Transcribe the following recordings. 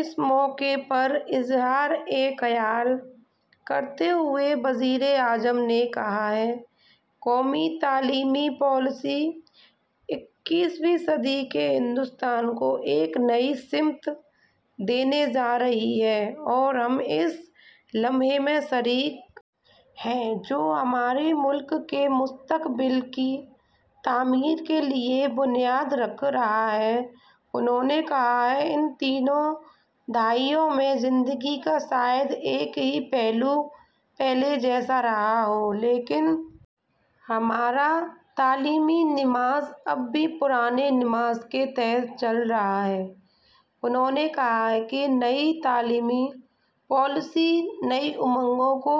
اس موقع پر اظہار خیال کرتے ہوئے وزیر اعظم نے کہا کہ قومی تعلیمی پالیسی اکیسویں صدی کے بھارت کو ایک نئی سمت دینے جا رہی ہے اور ہم اس لمحے میں شریک ہیں جو ہمارے ملک کے مستقبل کی تعمیر کے لیے بنیاد رکھ رہا ہے انہوں نے کہا کہ ان تین دہائیوں میں زندگی کا شاید ہی کوئی پہلو پہلے جیسا رہا ہو لیکن ہمارا تعلیمی نظام اب بھی پرانے نظام کے تحت چل رہا ہے انہوں نے کہا کہ نئی تعلیمی پالیسی نئی امنگوں کو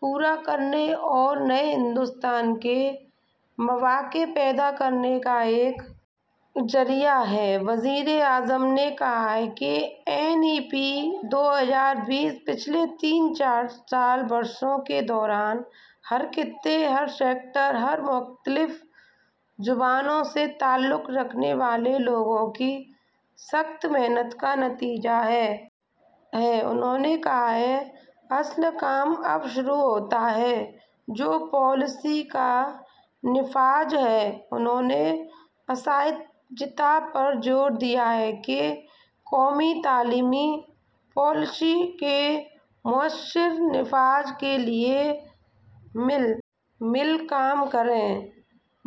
پورا کرنے اور نئے بھارت کے مواقع پیدا کرنے کا ایک ذریعہ ہے وزیر اعظم نے کہا کہ این ای پی دو ہزار بیس پچھلے تین سے چار برسوں کے دوران ہر خطے ہر سیکٹر اور زبان کے لوگوں کی سخت محنت کا نتیجہ ہے انہوں نے کہا کہ اصل کام اب شروع ہوتا ہے جو پالیسی کا نفاذ ہے انہوں نے اساتذہ پر زور دیا کہ وہ قومی تعلیمی پالیسی کے مؤثر نفاذ کے لیے مل کر کام کریں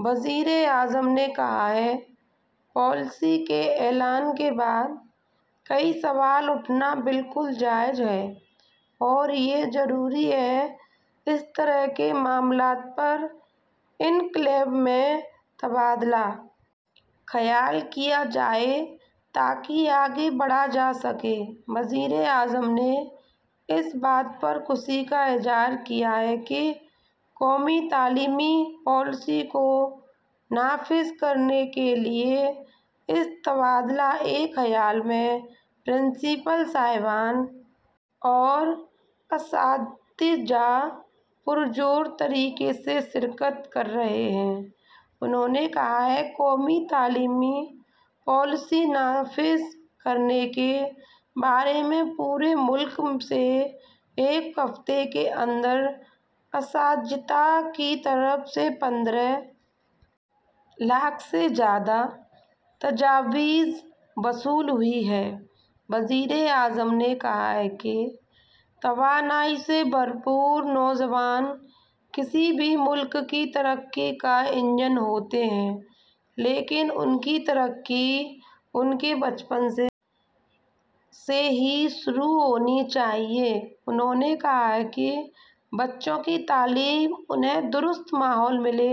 وزیر اعظم نے کہا کہ پالیسی کے اعلان کے بعد کئی سوال اٹھنا بالکل جائز ہے اور یہ ضروری ہے کہ اس طرح کے معاملات پر اس کنکلیو میں تبادلہ خیال کیا جائے تاکہ آگے بڑھا جا سکے وزیر اعظم نے اس بات پر خوشی کا اظہار کیا کہ قومی تعلیمی پالیسی کو نافذ کرنے کے لیے اس تبادلہ خیال میں پرنسپل صاحبان اور اساتذہ پرجوش طریقے سے شرکت کر رہے ہیں انہوں نے کہا کہ قومی تعلیمی پالیسی نافذ کرنے کے بارے میں پورے ملک سے ایک ہفتے کے اندر اساتذہ کی طرف سے پندرہ لاکھ سے زیادہ تجاویز موصول ہوئی ہیں وزیر اعظم نے کہا کہ توانائی سے بھرپور نوجوان کسی بھی ملک کی ترقی کا انجن ہوتے ہیں لیکن ان کی ترقی ان کے بچپن سے ہی شروع ہونی چاہیے انہوں نے کہا کہ بچوں کی تعلیم کہ انہیں درست ماحول ملے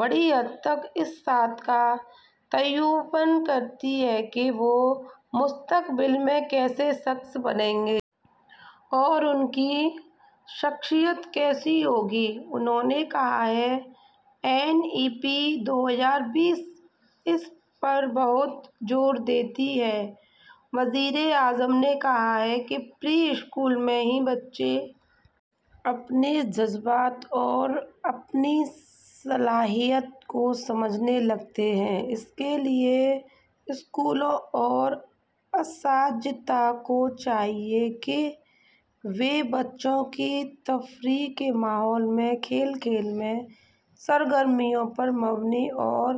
بڑی حد تک اس بات کا تعین کرتی ہے کہ وہ مستقبل میں کیسے شخص بنیں گے اور ان کی شخصیت کیا ہو گی انہوں نے کہا کہ این ای پی دو ہزار بیس اس پر بہت زور دیتی ہے وزیر اعظم نے کہا کہ پری اسکول میں ہی بچے اپنے جذبات اور اپنی صلاحیت کو سمجھنے لگتے ہیں اس کے لیے اسکولوں اور اساتذہ کو چاہیے کہ وہ بچوں کو تفریح کے ماحول میں کھیل کھیل میں سرگرمیوں پر مبنی اور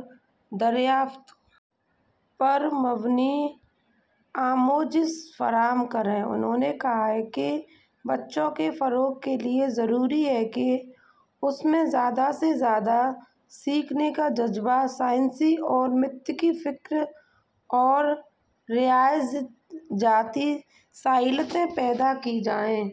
دریافت پر مبنی آموزش فراہم کریں انہوں نے کہا کہ بچے کے فروغ کے لیے ضروری ہے کہ اس میں زیادہ سے زیادہ سیکھنے کا جذبہ سائنسی اور منطقی فکر اور ریاضیاتی صلاحیتیں پیدا کی جائیں